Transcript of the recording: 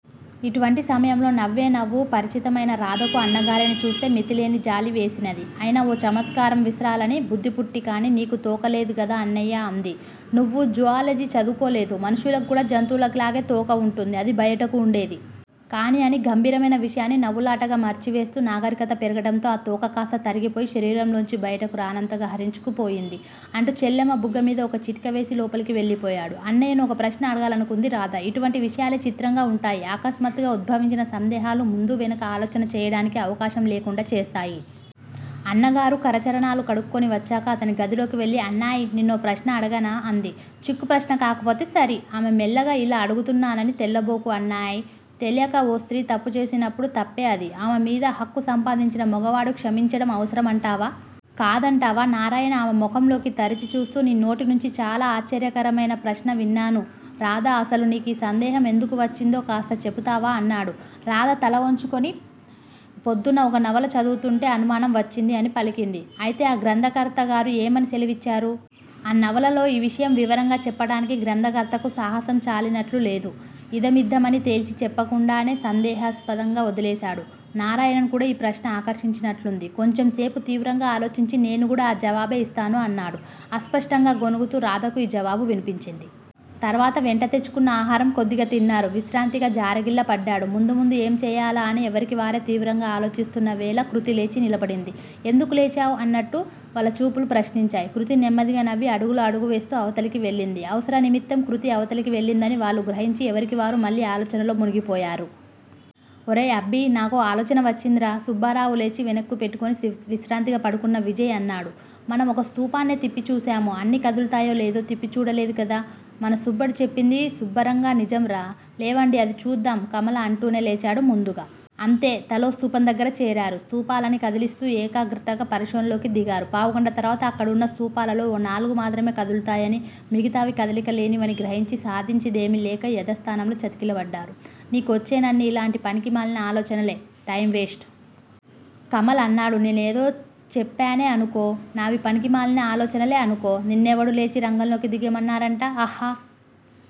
ఇటువంటి సమయంలో నవ్వే నవ్వు పరిచితమైన రాధకు అన్నగారిని చూస్తే మితిలేని జాలి వేసినది. అయినా ఓ చమత్కారం విసరాలని బుద్ధిపుట్టి కాని నీకు తోకలేదుగదా అన్నయ్యా అంది. నువ్వు జుఆలజీ చదువుకోలేదు మనుష్యులకి కూడా జంతువులకి లాగే తోక వుంటుంది. అది బయటకు వుండేది. కాని అని గంభీరమైన విషయాన్ని నవ్వులాటగా మర్చివేస్తూ నాగరికత పెరగటంతో ఆ తోక కాస్తా తరిగిపోయి శరీరంలోంచి బయటకు రానంతగా హరించుకుపోయింది. అంటూ చెల్లెమ్మ బుగ్గమీద ఒక చిటికవేసి లోపలకు వెళ్ళిపోయాడు. అన్నయ్యను ఒక ప్రశ్న అడగాలనుకుంది రాధ. ఇటువంటి విషయాలే చిత్రంగా వుంటాయి. ఆకస్మాత్తుగా ఉద్భవించిన సందేహాలు ముందూ వెనకా ఆలోచన చేయటానికి అవకాశం లేకుండా చేస్తాయి. అన్నగారు కరచరణాలు కడుక్కుని వచ్చాక అతని గదిలోకి వెళ్ళి అన్నాయ్, నిన్నో ప్రశ్న అడగనా? అంది. చిక్కు ప్రశ్న కాకపోతే సరి! ఆమె మెల్లగా యిలా అడుగుతున్నానని తెల్లబోకు అన్నాయ్. తెలియక ఓ స్త్రీ తప్పుచేసినప్పుడు-- తప్పే అది. ఆమెమీద హక్కు సంపాదించిన మొగవాడు క్షమించటం అవసరం అంటావా? కాదంటావా? నారాయణ ఆమె ముఖంలోకి తరిచి చూస్తూ నీ నోటి నుంచి చాలా ఆశ్చర్యకరమైన ప్రశ్న విన్నాను రాధా! అసలు నీకి సందేహం ఎందుకు వచ్చిందో కాస్త చెబుతావా? అన్నాడు. రాధ తలవొంచుకుని పొద్దున్న ఒక నవల చదువుతూంటే అనుమానం వచ్చింది అని పలికింది. అయితే, ఆ గ్రంథకర్తగారు యేమని సెలవిచ్చారు? ఆ నవలలో ఈ విషయం వివరంగా చెప్పటానికి గ్రంథకర్తకు సాహసం చాలినట్లు లేదు. ఇదమిద్ధమని తేల్చి చెప్పకుండానే సందేహస్పదంగా వొదిలేసేడు. నారాయణను కూడా ఈ ప్రశ్న ఆకర్షించినట్లుంది; కొంచెంసేపు తీవ్రంగా ఆలోచించి నేను కూడా ఆ జవాబే యిస్తాను అన్నాడు అస్పష్టంగా గొణుగుతూ. రాధకు ఈ జవాబు వినిపించింది. తర్వాత వెంట తెచ్చుకున్న ఆహారం కొద్దిగా తిన్నారు. విశ్రాంతిగా జారగిల్ల పడ్డాడు. ముందు ముందు ఏం చేయాలా అని ఎవరికీ వారే తీవ్రంగా ఆలోచిస్తున్న వేళ కృతి లేచి నిలబడింది. ఎందుకు లేచావ్? అన్నట్టు వల్ల చూపులు ప్రశ్నించాయి. కృతి నెమ్మదిగా నవ్వి అడుగులో అడుగు వేస్తూ అవతలకి వెళ్ళింది అవసర నిమిత్తం కృతి అవతలికి వెళ్ళిందని వాళ్ళు గ్రహించి ఎవరికి వారు మళ్ళీ ఆలోచనలో మునిగిపోయారు. ఒరే అబ్బీ! నాకో ఆలోచన వచ్చిందిరా! సుబ్బారావు లేచి వెనక్కు పెట్టుకుని విశ్రాంతిగా పడుకున్న విజయ్ అన్నాడు. మనం ఒక స్థూపాన్నే తిప్పి చూశాము. అన్నీ కదులుతాయో లేదో తిప్పి చూడలేదుకదా? మన సుబ్బడు చెప్పింది సుబ్బరంగా నిజంరా. లేవండి. అదీ చూద్దాం కమల అంటూనే లేచాడు ముందుగా. అంతే, తలో స్థూపం దగ్గర చేరారు. స్థూపాలని కదిలిస్తూ ఏకాగ్రటగా పరిశోధనలోకి దిగారు. పావుగంట తర్వాత అక్కడున్న స్థూపాలలో ఓ నాలుగు మాత్రమె కదులుతాయని మిగతావి కదలిక లేనివని గ్రహించి సాధించి దేమి లేక యదాస్థానంలో చతికిలబడ్డారు. నీ కొచ్చేనన్నీ ఇలాంటి పనికిమాలిన ఆలోచనలే. Time waste. కమల్ అన్నాడు. నేనేదోచెప్పానే అనుకో నావి పనికిమాలిన ఆలోచనలేఅనుకో. నిన్నేవడు లేచి రంగంలోకి దిగమన్నారంట? ఆహా